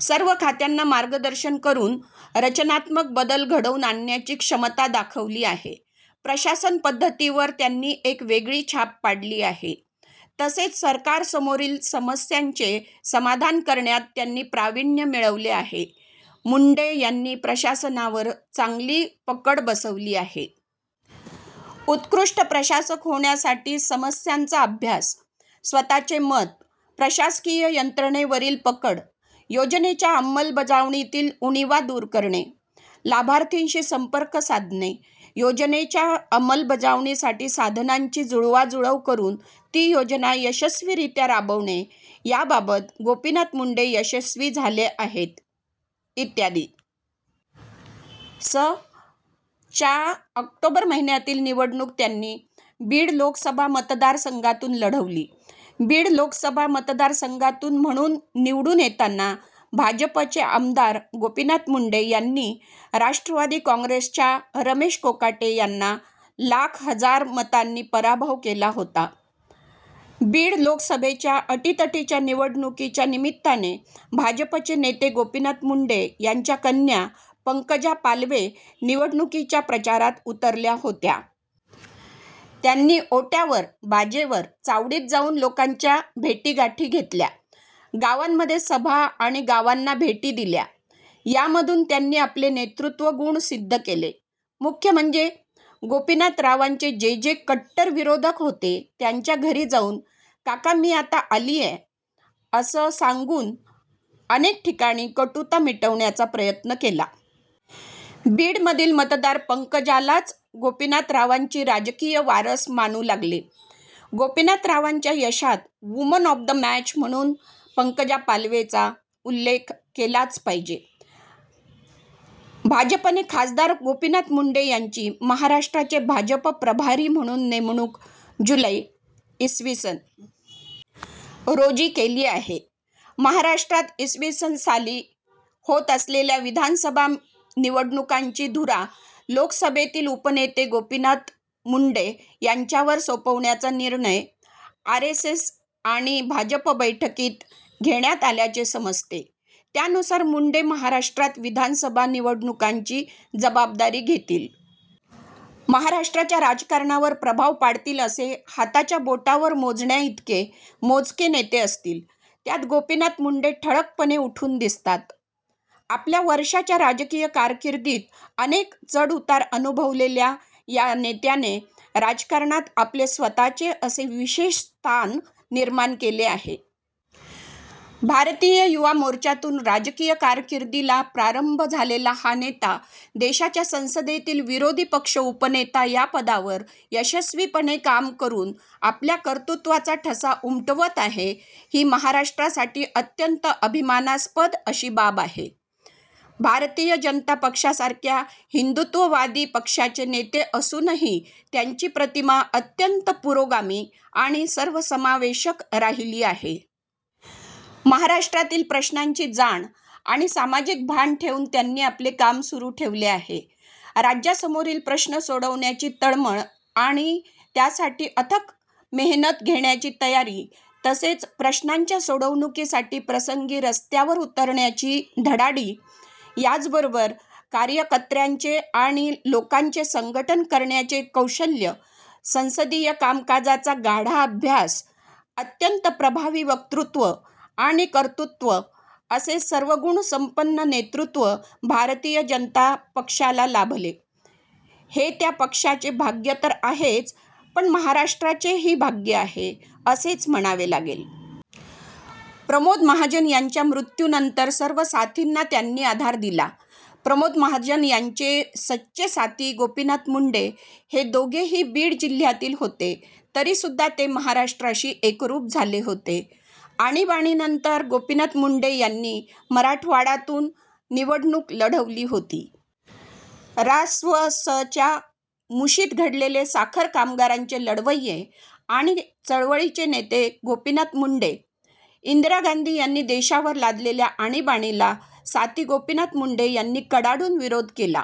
सर्व खात्यांना मार्गदर्शन करून, रचनात्मक बदल घडवून आणण्याची क्षमता दाखवली आहे. प्रशासन पद्धतीवर त्यांनी एक वेगळी छाप पाडली आहे. तसेच सरकार समोरील समस्यांचे समाधान करण्यात त्यांनी प्रावीण्य मिळवले आहे. मुंडे यांनी प्रशासनावर चांगली पकड बसवली आहे. उत्कृष्ट प्रशासक होण्यासाठी समस्यांचा अभ्यास, स्वतःचे मत, प्रशासकीय यंत्रणेवारील पकड, योजनेच्या अमलबजावणीतील उणीवा दूर करणे, लाभार्थीशी सम्पर्कसाधने, योजनेच्या अमलबजावणीसाठी साधनांची जुळवाजुळव करून ती योजना यशस्वीरित्या राबविणे याबाबत गोपीनाथ मुंडे यशस्वी झाले आहेत. इ. स. च्या ऑक्टोबर महिन्यातील निवडणूक त्यांनी बीड लोकसभा मतदारसंघातून लढवली. बीड लोकसभा मतदारसंघातून म्हणून निवडून येताना भाजपचे आमदार गोपीनाथ मुंडे यांनी राष्ट्रवादी काँग्रेसच्या रमेश कोकाटे यांना लाख हजार मतांनी पराभव केला होता. बीड लोकसभेच्या अटीतटीच्या निवडणुकीच्या निमित्ताने भाजपचे नेते गोपीनाथ मुंडे यांच्या कन्या पंकजा पालवे निवडणुकीच्या प्रचारात उतरल्या होत्या. त्यांनी ओट्यावर, बाजेवर, चावडीत जाऊन लोकांच्या भेटीगाठी घेतल्या. गावांमध्ये सभा आणि गावांना भेटी दिल्या. यामधून त्यांनी आपले नेतृत्वगुण सिद्घ केले. मुख्य म्हणजे गोपीनाथरावांचे जे जे कट्टर विरोधक होते त्यांच्या घरी जाऊन 'काका मी आता आलीय' असे सांगून अनेक ठिकाणी कटुता मिटविण्याचा प्रयत्न केला. बीडमधील मतदार पंकजालाच गोपीनाथरावांची राजकीय वारस मानू लागले. गोपीनाथरावांच्या यशात 'वुमन ऑफ द मॅच' म्हणून पंकजा पालवेचा उल्लेख केलाच पाहिजे.। भाजपने खासदार गोपीनाथ मुंडे यांची महाराष्ट्राचे भाजप प्रभारी म्हणून नेमणूक जूलै, इ. स. रोजी केली आहे. महाराष्ट्रात इ. स. साली होत असलेल्या विधानसभा निवडणुकांची धुरा लोकसभेतील उपनेते गोपीनाथ मुंडे यांच्यावरच सोपविण्याचा निर्णय आरएसएस आणि भाजप बैठकीत घेण्यात आल्याचे समजते. त्यानुसार मुंडे महाराष्ट्रात विधानसभा निवडणुकांची जबाबदारी घेतील. महाराष्ट्राच्या राजकारणावर प्रभाव पाडतील असे हाताच्या बोटावर मोजण्याइतके मोजके नेते असतील. त्यात गोपीनाथ मुंडे ठळकपणे उठून दिसतात. आपल्या वर्षाच्या राजकीय कारकिर्दीत अनेक चढउतार अनुभवलेल्या या नेत्याने राजकारणात आपले स्वतःचे असे विशेष स्थान निर्माण केले आहे. भारतीय युवा मोर्चातून राजकीय कारकिर्दीला प्रारंभ झालेला हा नेता देशाच्या संसदेतील विरोधी पक्ष उपनेता या पदावर यशस्वीपणे काम करून आपल्या कर्तृत्त्वाचा ठसा उमटवत आहे, ही महाराष्ट्रासाठी अत्यंत अभिमानास्पद अशी बाब आहे. भारतीय जनता पक्षासारख्या हिन्दुत्ववादी पक्षाचे नेते असूनही त्यांची प्रतिमा अत्यंत पुरोगामी आणि सर्वसमावेशक राहिली आहे. महाराष्ट्राच्या प्रश्नांची जाण आणि सामाजिक भान ठेवून त्यांनी आपले काम सुरू ठेवले आहे. राज्यासमोरील प्रश्न सोडवण्याची तळमळ आणि त्यासाठी अथक मेहनत घेण्याची तयारी तसेच प्रश्नांच्या सोडवणुकीसाठी प्रसंगी रस्त्यावर उतरण्याची धडाडी, याचबरोबर कार्यकत्र्यांचे आणि लोकांचे संघटन करण्याचे कौशल्य, संसदीय कामकाजाचा गाढा अभ्यास, अत्यंत प्रभावी वक्तृत्व आणि कर्तत्त्व असे सर्वगुणसम्पन्न नेतृत्व भारतीय जनता पक्षाला लाभले, हे त्या पक्षाचे भाग्य तर आहेच; पण महाराष्ट्राचेही भाग्य आहे, असेच म्हणावे लागेल. प्रमोद महाजन यांच्या मृत्यूनंतर सर्व साथींना त्यांनी आधार दिला. प्रमोद महाजन यांचे सच्चे साथी गोपीनाथ मुंडे हे दोघेही बीड जिल्ह्यातील होते तरीसुद्धा ते महाराष्ट्राशी एकरूप झाले होते. आणीबाणीनंतर गोपीनाथ मुंडे यांनी मराठवाडातून निवडणूक लढवली होती. रा. स्व. स. च्या मुशीत घडलेले साखर कामगारांचे लढवय्ये आणि चळवळीचे नेते गोपीनाथ मुंडे. इन्दिरा गान्धी यांनी देशावर लादलेल्या आणीबाणीला साथी गोपीनाथ मुंडे यांनी कडाडून विरोध केला.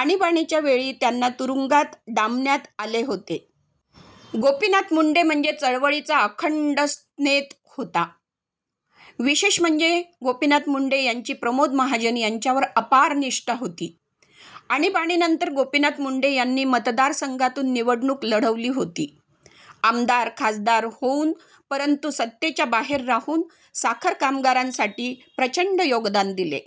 आणीबाणीच्या वेळी त्यांना तुरुंगात डाम्बण्यात आले होते. गोपीनाथ मुंडे म्हणजे चळवळीचा अखण्ड स्नेत होता. विशेष म्हणजे गोपीनाथ मुंडे यांची प्रमोद महाजन यांच्यावर अपार निष्ठा होती. आणीबाणीनंतर गोपीनाथ मुंडे यांनी मतदारसंघातून निवडणूक लढवली होती. आमदार- खासदार होऊन परंतु सत्तेच्या बाहेर राहून साखर कामगारांसाठी प्रचण्ड योगदान दिले.